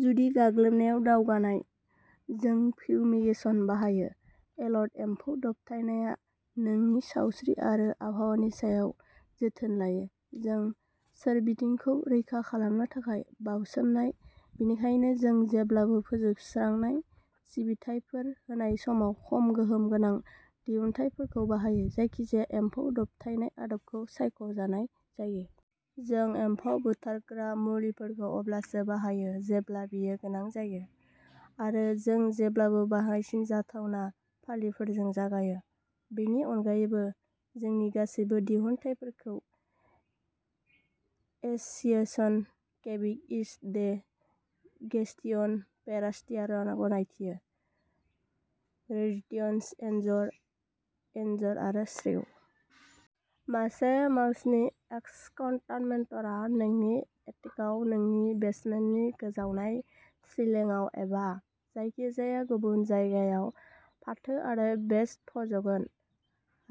जुदि गाग्लोबनाया दावगानाय, जों फिउमिगेसन बाहायो। एलिट एम्फौ दबथायनाया नोंनि सावस्रि आरो आबहावानि सायाव जोथोन लायो। जों सोरबिथिंखौ रैखा खालामनो थाखाय बाउसोमनाय, बेनिखायनो जों जेब्लाबो फोजोबस्रांनाय सिबिथायफोर होनाय समाव खम गोहोम गोनां दिहुनथायफोर बाहायो, जायखिजाया एम्फौ दबथायनाय आदबखौ सायख'नाय जायो। जों एम्फौ बुथारग्रा मुलिफोरखौ अब्लासो बाहायो जेब्ला बेयो गोनां जायो, आरो जों जेब्लाबो बाङायसिन जाथावना फालिफोरजों जागायो। बेनि अनगायैबो, जोंनि गासैबो दिहुनथायफोरखौ एस'सिएशन क्वेबेक'इज दे गेस्टियन पेरासिटायरआ गनायथियो। रोदेन्टसः एनजर, एनजर आरो श्रिउ। मासे माउसनि एक्सकन्टामिनेटरआ नोंनि एटिकआव, नोंनि बेसमेन्टनि गोजावनाय सिलिंआव एबा जायखिजाया गुबुन जायगायाव फाथो आरो बेट फज'गोन।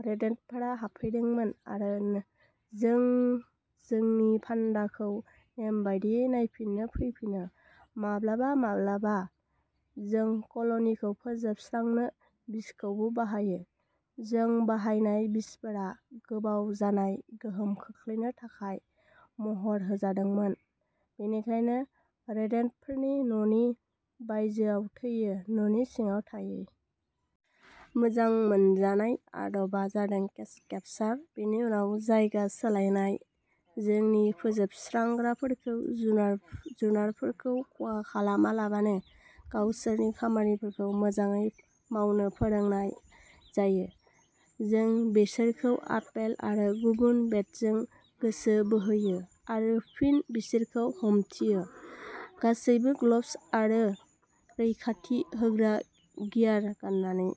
रोदेन्टफोरा हाबफैदोंमोन, आरो जों जोंनि फान्दाखौ नेमबादियै नायफिन्नो फैफिनो। माब्लाबा-माब्लाबा, जों कल'निखौ फोजोबस्रांनो बिसखौबो बाहायो। जों बाहायनाय बिसफोरा गोबाव जानाय गोहोम खोख्लैनो थाखाय महर होजादोंमोन, बेनिखायनो रोदेन्टफोरा न'नि बायजोआव थैयो न'नि सिङाव थायै। मोजां मोनजानाय आदबा जादों केज-केपसार, बेनि उनाव जायगा सोलायनाय। जोंनि फोजोबस्रांग्राफोरखौ जुनार जुनारफोरखौ खहा खालामालाबानो गावसोरनि खामानिखौ मोजाङै मावनो फोरोंनाय जायो। जों बिसोरखौ आपेल आरो गुबुन बेटजों गोसो बोहोयो आरो फिन बिसोरखौ हमथियो, गासैबो ग्लब्स आरो रैखाथि होग्रा गियार गाननानै।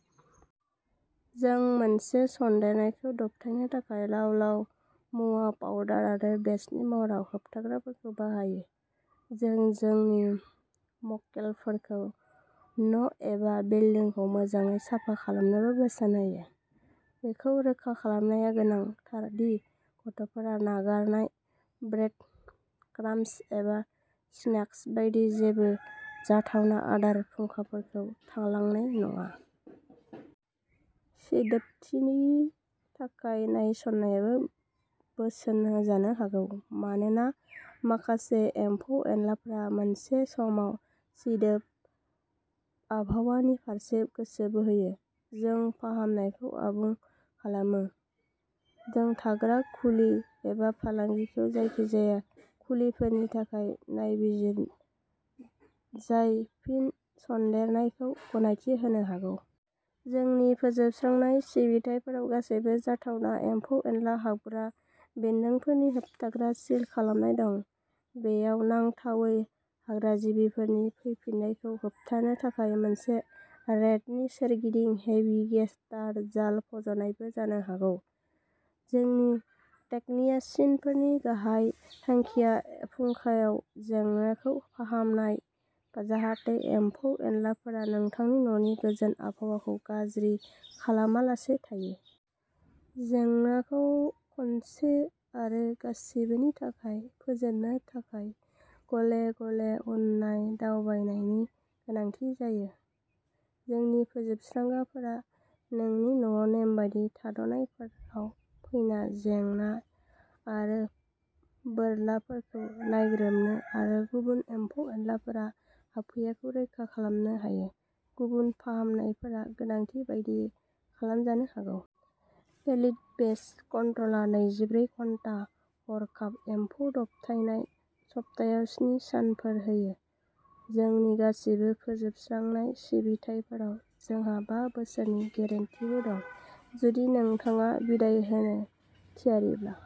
जों मोनसे सन्देरनायखौ दबथायनो थाखाय लाव-लाव मुवा, पाउडार आरो पेस्टनि महराव होबथाग्राफोरखौ बाहायो। जों जोंनि मक्केलफोरखौ न'एबा बिल्दिंखौ मोजाङै साफा खालामनोबो बोसोन होयो। बेखौ रोखा खालामनाया गोनांथार दि गथ'फोरा नागारनाय ब्रेड क्राम्ब्स एबा स्नेक्स बायदि जेबो जाथावना आदार फुंखाफोर थालांनाय नङा। सिदोबथिनि थाखाय नायसंनायबो बोसोन होजानो हागौ, मानोना माखासे एम्फौ-एनलाफोरा मोनसे समाव सिदोब आबहावानि फारसे गोसो बोहोयो। जों फाहामनायखौ आबुं खालामो, जों थाग्रा खुलि एबा फालांगिखौ जायखिजाया खुलिफोरनि थाखाय नायबिजिर जाय फिन-सन्देरनायखौ गनायथि होनो हागौ। जोंनि फोजोबस्रांनाय सिबिथाइफोराव गासैबो जाथावना एम्फौ-एनला हाबग्रा बिन्दोंफोरनि होबथाग्रा सिल खालामनाय दं; बेयाव नांथावै हाग्राजिबफोरनि फैफिन्नायखौ होबथानो थाखाय मोनसे रेडनि सोरगिदिं हेभि-गेज तार जाल फज'नायबो जानो हागौ। जोंनि तेकनिसियानफोरनि गाहाय थांखिया फुंखायाव जेंनाखौ फाहामनाय, जाहाथे एम्फौ-एनलाफोरा नोंथांनि न'नि गोजोन आबहावाखौ गाज्रि खालामालासे थायो। जेंनाखौ खनसे आरो गासिबोनि थाखाय फोजोबनो थाखाय, गले-गले उन-नाय दावबायनायनि गोनांथि जायो। जोंनि फोजोबस्रांग्राफोरा नोंनि न'आव नेमबादि थाद'नायफोराव फैना जेंनाय आरो बोरलाफोरखौ नायग्रोमनो आरो गुबुन एम्फौ-एनलाफोरा हाबफैाखैखौ रोखा खालामनो हायो। गुबुन फाहामनायफोरा गोनांथि बायदियै खालामजानो हागौ। एलिट पेस्ट कन्ट्र'लआ नैजिब्रै घन्टा हरखाब एम्फौ दबथायनाय, सप्तायाव स्नि सानफोर होयो। जोंनि गासिबो फोजोबस्रांनाय सिबिथाइफोराव जोंहा बा बोसोरनि गेरेन्टीबो दं। जुदि नोंथाङा बिदाइ होनो थियारिब्ला।